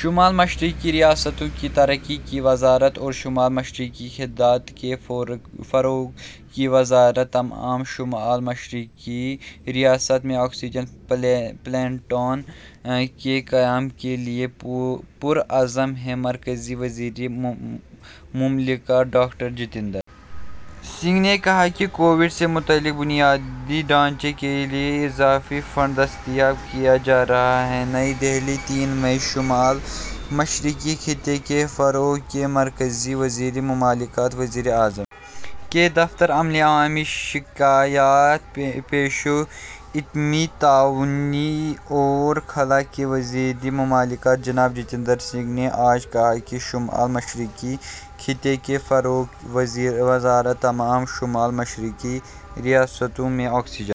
شمال مشرقی ریاستوں کی ترقی کی وزارت اور شمال مشرقی خطے کے فروغ کی وزارت تمام شمال مشرقی ریاستوں میں آکسیجن پلانٹوں کے قیام کے لیے پرعزم ہے مرکزی وزیر مملکت ڈاکٹر جتیندر سنگھ نے کہا کہ کووڈ سے متعلق بنیادی ڈھانچے کے لیے اضافی فنڈ دستیاب کیا جا رہا ہے نئی دہلی تین مئی شمال مشرقی خطے کے فروغ کے مرکزی وزیر مملکت وزیر اعظم کے دفتر عملے عوامی شکایات پنشن ایٹمی توانائی اور خلا کے وزیر مملکت جناب جتیندر سنگھ نے آج کہا کہ شمال مشرقی خطے کے فروغ کی وزارت تمام شمال مشرقی ریاستوں میں آکسیجن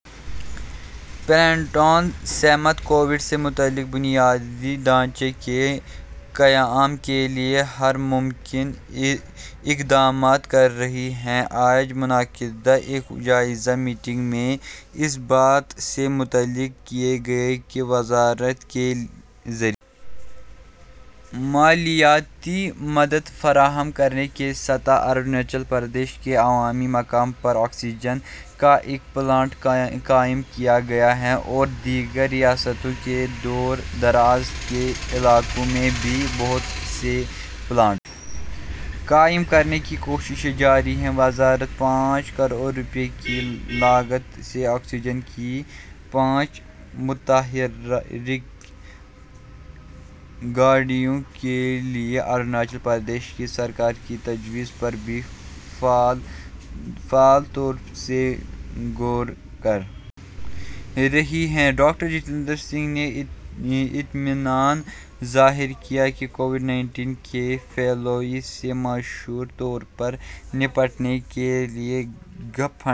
پلانٹوں سمیت کووڈ سے متعلق بنیادی ڈھانچے کے قیام کے لیے ہر ممکنہ اقدامات کر رہی ہے آج منعقدہ ایک جائزہ میٹنگ میں اس بات سے مطلع کیا گیا کہ وزارت کے ذریعہ مالیاتی مدد فراہم کرنے کے ساتھ اروناچل پردیش کے عوامی مقام پر آکسیجن کا ایک پلانٹ قائم کیا گیا ہے اور دیگر ریاستوں کے دور دراز کے علاقوں میں بھی بہت سے پلانٹس قائم کرنے کی کوششیں جاری ہیں وزارت پانچ کروڑ روپے کی لاگت سے آکسیجن کی پانچ متحرک گاڑیوں کے لیے اروناچل پردیش کی سرکار کی تجویز پر بھی فعال طور سے غور کر رہی ہے ڈاکٹر جتیندر سنگھ نے اطمینان ظاہر کیا کہ کووڈ انیس کے پھیلاؤ سے مؤثر طور پر نمٹنے کے لیے گیپ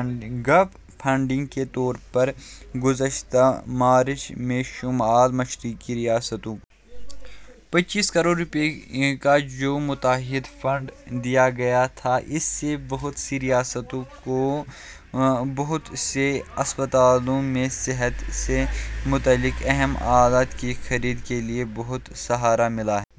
فنڈنگ کے طور پر گزشتہ مارچ میں شمال مشرقی ریاستوں کو پچیس کروڑ روپے کا جو متحد فنڈ دیا گیا تھا اس سے بہت سی ریاستوں کو بہت سے اسپتالوں میں صحت سے متعلق اہم آلات کی خرید کے لیے بہت سہارا ملا ہے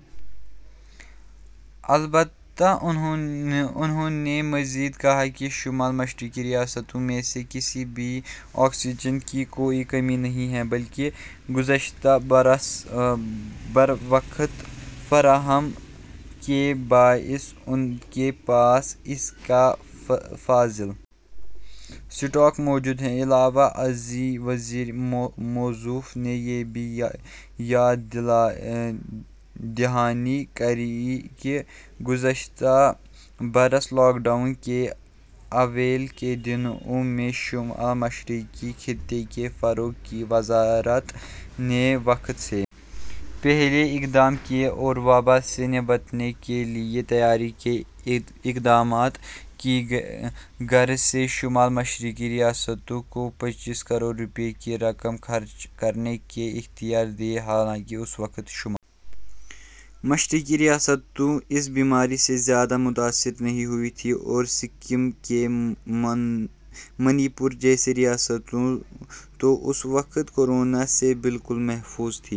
البتہ انہوں نے مزید کہا کہ شمال مشرقی ریاستوں میں سے کسی میں بھی آکسیجن کی کوئی کمی نہیں ہے بلکہ گزشتہ برس بروقت فراہمی کے باعث ان کے پاس اس کا فاضل اسٹاک موجود ہے علاوہ ازیں وزیر موصوف نے یہ بھی یاد دہانی کرائی کہ گزشتہ برس لاک ڈاؤن کے اوائل کے دنوں میں شمال مشرقی خطے کے فروغ کی وزارت نے وقت سے پہلے اقدام کیے اور وبا سے نمٹنے کے لیے تیاری کے اقدامات کی غرض سے شمال مشرقی ریاستوں کو پچیس کروڑ روپے کی رقم خرچ کرنے کا اختیار دیا حالانکہ اس وقت شمال مشرقی ریاستیں اس بیماری سے زیادہ متاثر نہیں ہوئی تھیں اور سکم اور منی پور جیسی ریاستیں تو اس وقت کورونا سے بالکل محفوظ تھیں